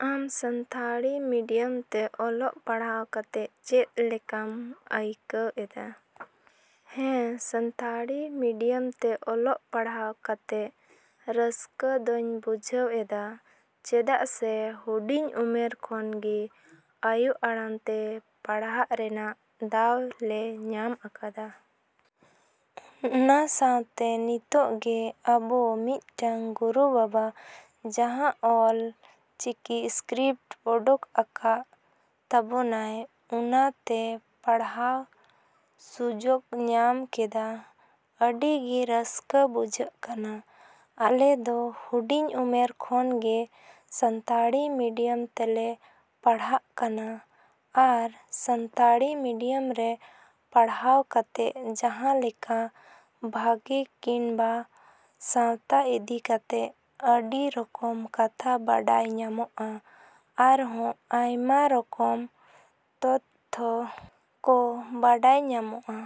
‎ᱟᱢ ᱥᱟᱱᱛᱟᱲᱤ ᱢᱤᱰᱤᱭᱟᱢ ᱛᱮ ᱚᱞᱚᱜ ᱯᱟᱲᱦᱟᱣ ᱠᱟᱛᱮ ᱪᱮᱫ ᱞᱮᱠᱟᱢ ᱟᱹᱭᱠᱟᱹᱣ ᱮᱫᱟ? ᱦᱮᱸ, ᱥᱟᱱᱛᱟᱲᱤ ᱢᱤᱰᱤᱭᱟᱢ ᱛᱮ ᱚᱞᱚᱜ ᱯᱟᱲᱦᱟᱣ ᱠᱟᱛᱮ ᱨᱟᱹᱥᱠᱟᱹ ᱫᱚᱧ ᱵᱩᱡᱷᱟᱹᱣ ᱮᱫᱟ ᱪᱮᱫᱟᱜ ᱥᱮ ᱦᱩᱰᱤᱧ ᱩᱢᱮᱨ ᱠᱷᱚᱱ ᱜᱮ ᱟᱭᱳ ᱟᱲᱟᱝ ᱛᱮ ᱯᱟᱲᱦᱟᱜ ᱨᱮᱭᱟᱜ ᱫᱟᱣ ᱞᱮ ᱧᱟᱢ ᱟᱠᱟᱫᱟ᱾ ᱚᱱᱟ ᱥᱟᱶᱛᱮ ᱱᱤᱛᱚᱜ ᱜᱮ ᱟᱵᱚ ᱢᱤᱫᱴᱟᱝ ᱜᱩᱨᱩ ᱵᱟᱵᱟ ᱡᱟᱦᱟᱸ ᱚᱞ ᱪᱤᱠᱤ ᱥᱠᱨᱤᱯᱴ ᱚᱰᱚᱠ ᱟᱠᱟᱜ ᱛᱟᱵᱚᱱᱟᱭ, ᱚᱱᱟ ᱛᱮ ᱯᱟᱲᱦᱟᱣ ᱥᱩᱡᱚᱜ ᱧᱟᱢ ᱠᱮᱫᱟ᱾ ᱟᱹᱰᱤ ᱜᱮ ᱨᱟᱹᱥᱠᱟᱹ ᱵᱩᱡᱷᱟᱹᱜ ᱠᱟᱱᱟ᱾ ᱟᱞᱮ ᱫᱚ ᱦᱩᱰᱤᱧ ᱩᱢᱮᱨ ᱠᱷᱚᱱ ᱜᱮ ᱥᱟᱱᱛᱟᱲᱤ ᱢᱤᱰᱤᱭᱟᱢ ᱛᱮᱞᱮ ᱯᱟᱲᱦᱟᱜ ᱠᱟᱱᱟ ᱟᱨ ᱥᱟᱱᱛᱟᱲᱤ ᱢᱤᱰᱤᱭᱟᱢ ᱨᱮ ᱯᱟᱲᱦᱟᱣ ᱠᱟᱛᱮ ᱡᱟᱦᱟᱸ ᱞᱮᱠᱟ ᱵᱷᱟᱜᱮ ᱠᱤᱱᱵᱟ ᱥᱟᱶᱛᱟ ᱤᱫᱤ ᱠᱟᱛᱮ ᱟᱹᱰᱤ ᱨᱚᱠᱚᱢ ᱠᱟᱛᱷᱟ ᱵᱟᱰᱟᱭ ᱧᱟᱢᱚᱜᱼᱟ ᱟᱨᱦᱚᱸ ᱟᱭᱢᱟ ᱨᱚᱠᱚᱢ ᱛᱚᱛᱛᱷᱚ ᱠᱚ ᱵᱟᱲᱟᱭ ᱧᱟᱢᱚᱜᱼᱟ᱾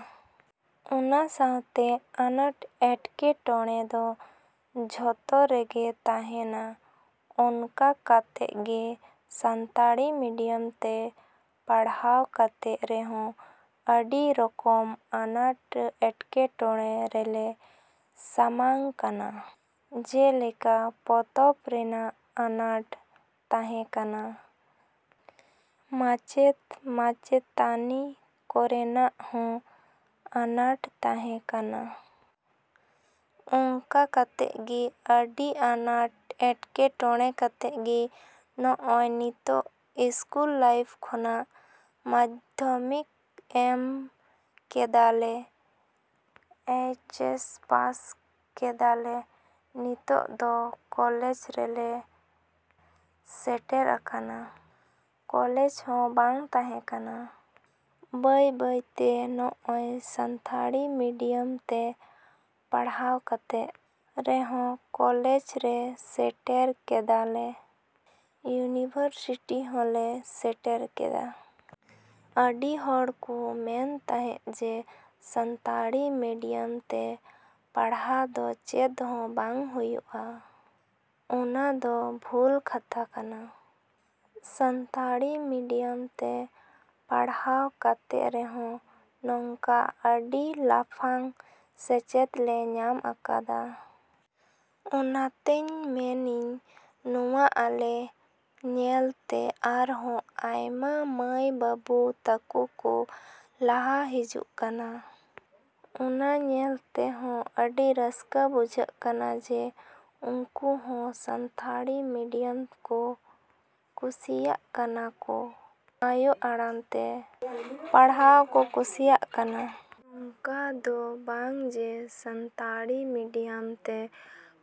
ᱚᱱᱟ ᱥᱟᱶᱛᱮ ᱟᱱᱟᱴ ᱮᱴᱠᱮᱴᱚᱬᱮ ᱫᱚ ᱡᱷᱚᱛᱚ ᱨᱮᱜᱮ ᱛᱟᱦᱮᱱᱟ᱾ ᱚᱱᱠᱟ ᱠᱟᱛᱮ ᱜᱮ ᱥᱟᱱᱛᱟᱲᱤ ᱢᱤᱰᱤᱭᱟᱢ ᱛᱮ ᱯᱟᱲᱦᱟᱣ ᱠᱟᱛᱮ ᱨᱮᱦᱚᱸ ᱟᱹᱰᱤ ᱨᱚᱠᱚᱢ ᱟᱱᱟᱴ ᱮᱴᱠᱮᱴᱚᱬᱮ ᱨᱮᱞᱮ ᱥᱟᱢᱟᱝ ᱠᱟᱱᱟ᱾ ᱡᱮᱞᱮᱠᱟ ᱯᱚᱛᱚᱵ ᱨᱮᱱᱟᱜ ᱟᱱᱟᱴ ᱛᱟᱦᱮᱸ ᱠᱟᱱᱟ, ᱢᱟᱪᱮᱫ ᱢᱟᱪᱮᱛᱟᱹᱱᱤ ᱠᱚᱨᱮᱱᱟᱜ ᱦᱚᱸ ᱟᱱᱟᱴ ᱛᱟᱦᱮᱸ ᱠᱟᱱᱟ᱾ ᱚᱱᱠᱟ ᱠᱟᱛᱮ ᱜᱮ ᱟᱹᱰᱤ ᱟᱱᱟᱴ ᱮᱴᱠᱮᱴᱚᱬᱮ ᱠᱟᱛᱮ ᱜᱮ ᱱᱚᱜᱼᱚᱭ ᱱᱤᱛᱚᱜ ᱤᱥᱠᱩᱞ ᱞᱟᱭᱤᱯᱷ ᱠᱷᱚᱱᱟᱜ ᱢᱟᱫᱽᱫᱷᱚᱢᱤᱠ ᱮᱢ ᱠᱮᱫᱟᱞᱮ, ᱮᱭᱪ ᱮᱥ ᱯᱟᱥ ᱠᱮᱫᱟᱞᱮ, ᱱᱤᱛᱚᱜ ᱫᱚ ᱠᱚᱞᱮᱡᱽ ᱨᱮᱞᱮ ᱥᱮᱴᱮᱨ ᱟᱠᱟᱱᱟ᱾ ᱠᱚᱞᱮᱡᱽ ᱦᱚᱸ ᱵᱟᱝ ᱛᱟᱦᱮᱸ ᱠᱟᱱᱟ᱾ ᱵᱟᱹᱭᱼᱵᱟᱹᱭ ᱛᱮ ᱱᱚᱜᱼᱚᱭ ᱥᱟᱱᱛᱟᱲᱤ ᱢᱤᱰᱤᱭᱟᱢ ᱛᱮ ᱯᱟᱲᱦᱟᱣ ᱠᱟᱛᱮ ᱨᱮᱦᱚᱸ ᱠᱚᱞᱮᱡᱽ ᱨᱮ ᱥᱮᱴᱮᱨ ᱠᱮᱫᱟᱞᱮ, ᱤᱭᱩᱱᱤᱵᱷᱟᱨᱥᱤᱴᱤ ᱦᱚᱸᱞᱮ ᱥᱮᱴᱮᱨ ᱠᱮᱫᱟ᱾ ᱟᱹᱰᱤ ᱦᱚᱲ ᱠᱚ ᱢᱮᱱ ᱛᱟᱦᱮᱸᱫ ᱡᱮ ᱥᱟᱱᱛᱟᱲᱤ ᱢᱤᱰᱤᱭᱟᱢ ᱛᱮ ᱯᱟᱲᱦᱟᱜ ᱫᱚ ᱪᱮᱫ ᱦᱚᱸ ᱵᱟᱝ ᱦᱩᱭᱩᱜᱼᱟ᱾ ᱚᱱᱟᱫᱚ ᱵᱷᱩᱞ ᱠᱟᱛᱷᱟ ᱠᱟᱱᱟ᱾ ᱥᱟᱱᱛᱟᱲᱤ ᱢᱤᱰᱤᱭᱟᱢ ᱛᱮ ᱯᱟᱲᱦᱟᱣ ᱠᱟᱛᱮ ᱨᱮᱦᱚᱸ ᱱᱚᱝᱠᱟ ᱟᱹᱰᱤ ᱞᱟᱯᱷᱟᱝ ᱥᱮᱪᱮᱫ ᱞᱮ ᱧᱟᱢ ᱟᱠᱟᱫᱟ ᱾ ᱚᱱᱟᱛᱮᱧ ᱢᱮᱱᱤᱧ ᱱᱚᱣᱟ ᱟᱞᱮ ᱧᱮᱞᱛᱮ ᱟᱨᱦᱚᱸ ᱟᱭᱢᱟ ᱢᱟᱹᱭ ᱵᱟᱹᱵᱩ ᱛᱟᱠᱚ ᱠᱚ ᱞᱟᱦᱟ ᱦᱤᱡᱩᱜ ᱠᱟᱱᱟ᱾ ᱚᱱᱟ ᱧᱮᱞᱛᱮ ᱦᱚᱸ ᱟᱹᱰᱤ ᱨᱟᱹᱥᱠᱟᱹ ᱵᱩᱡᱷᱟᱹᱜ ᱠᱟᱱᱟ ᱡᱮ ᱩᱱᱠᱩ ᱦᱚᱸ ᱥᱟᱱᱛᱟᱲᱤ ᱢᱤᱰᱤᱭᱟᱢ ᱠᱚ ᱠᱩᱥᱤᱭᱟᱜ ᱠᱟᱱᱟ ᱠᱚ, ᱟᱭᱳ ᱟᱲᱟᱝ ᱛᱮ ᱯᱟᱲᱦᱟᱣ ᱠᱚ ᱠᱩᱥᱤᱭᱟᱜ ᱠᱟᱱᱟ᱾ ᱱᱚᱝᱠᱟ ᱫᱚ ᱵᱟᱝ ᱡᱮ ᱥᱟᱱᱛᱟᱲᱤ ᱢᱤᱰᱤᱭᱟᱢ ᱛᱮ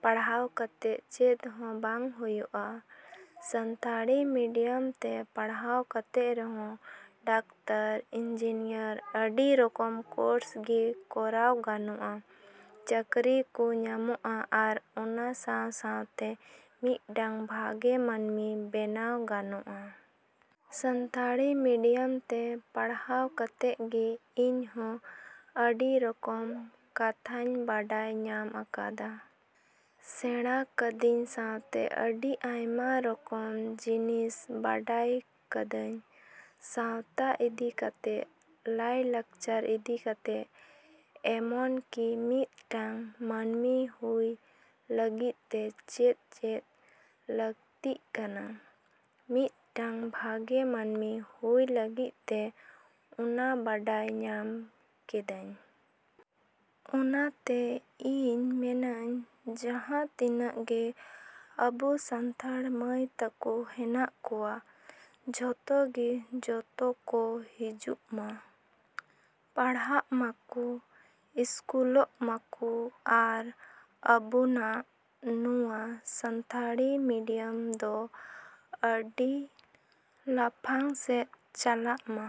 ᱯᱟᱲᱦᱟᱣ ᱠᱟᱛᱮ ᱪᱮᱫ ᱦᱚᱸ ᱵᱟᱝ ᱦᱩᱭᱩᱜᱼᱟ᱾ ᱥᱟᱱᱛᱟᱲᱤ ᱢᱤᱰᱤᱭᱟᱢ ᱛᱮ ᱯᱟᱲᱦᱟᱣ ᱠᱟᱛᱮ ᱨᱮᱦᱚᱸ ᱰᱟᱠᱛᱟᱨ, ᱤᱧᱡᱤᱱᱤᱭᱟᱹᱨ, ᱟᱹᱰᱤ ᱨᱚᱠᱚᱢ ᱠᱚᱨᱥ ᱜᱮ ᱠᱚᱨᱟᱣ ᱜᱟᱱᱚᱜᱼᱟ, ᱪᱟᱹᱠᱨᱤ ᱠᱚ ᱧᱟᱢᱚᱜᱼᱟ ᱟᱨ ᱚᱱᱟ ᱥᱟᱶᱼᱥᱟᱶᱛᱮ ᱢᱤᱫᱴᱟᱝ ᱵᱷᱟᱜᱮ ᱢᱟᱹᱱᱢᱤ ᱵᱮᱱᱟᱣ ᱜᱟᱱᱚᱜᱼᱟ᱾ ᱥᱟᱱᱛᱟᱲᱤ ᱢᱤᱰᱤᱭᱟᱢ ᱛᱮ ᱯᱟᱲᱦᱟᱣ ᱠᱟᱛᱮ ᱜᱮ ᱤᱧ ᱦᱚᱸ ᱟᱹᱰᱤ ᱨᱚᱠᱚᱢ ᱠᱟᱛᱷᱟᱧ ᱵᱟᱰᱟᱭ ᱧᱟᱢ ᱟᱠᱟᱫᱟ, ᱥᱮᱬᱟ ᱠᱟᱫᱤᱧ ᱥᱟᱶᱛᱮ ᱟᱹᱰᱤ ᱟᱭᱢᱟ ᱨᱚᱠᱚᱢ ᱡᱤᱱᱤᱥ ᱵᱟᱰᱟᱭ ᱠᱟ.ᱫᱟ.ᱧ ᱥᱟᱶᱛᱟ ᱤᱫᱤ ᱠᱟᱛᱮ, ᱞᱟᱭ ᱞᱟᱠᱪᱟᱨ ᱤᱫᱤ ᱠᱟᱛᱮ, ᱮᱢᱚᱱ ᱠᱤ ᱢᱤᱫᱴᱟᱝ ᱢᱟᱹᱱᱢᱤ ᱦᱩᱭ ᱞᱟᱹᱜᱤᱫ ᱛᱮ ᱪᱮᱫ ᱪᱮᱫ ᱞᱟᱹᱠᱛᱤᱜ ᱠᱟᱱᱟ ᱢᱤᱫᱴᱟᱝ ᱵᱷᱟᱜᱮ ᱢᱟᱹᱱᱢᱤ ᱦᱩᱭ ᱞᱟᱹᱜᱤᱫ ᱛᱮ, ᱚᱱᱟ ᱵᱟᱰᱟᱭ ᱧᱟᱢ ᱠᱮᱫᱟ.ᱧ᱾ ᱚᱱᱟᱛᱮ ᱤᱧ ᱢᱮᱱᱟᱹᱧ ᱡᱟᱦᱟᱸ ᱛᱤᱱᱟᱹᱜ ᱜᱮ ᱟᱵᱚ ᱥᱟᱱᱛᱟᱲ ᱢᱟᱹᱭ ᱛᱟᱠᱚ ᱦᱮᱱᱟᱜ ᱠᱚᱣᱟ, ᱡᱷᱚᱛᱚ ᱜᱮ ᱡᱚᱛᱚ ᱠᱚ ᱦᱤᱡᱩᱜ ᱢᱟ, ᱯᱟᱲᱦᱟᱜ ᱢᱟᱠᱚ, ᱠᱩᱥᱤᱭᱟᱜ ᱢᱟᱠᱚ ᱟᱨ ᱟᱵᱚᱱᱟᱜ ᱱᱚᱣᱟ ᱥᱟᱱᱛᱟᱲᱤ ᱢᱤᱰᱤᱭᱟᱢ ᱫᱚ ᱟᱹᱰᱤ ᱞᱟᱯᱷᱟᱝ ᱥᱮᱫ ᱪᱟᱞᱟᱜ ᱢᱟ᱾।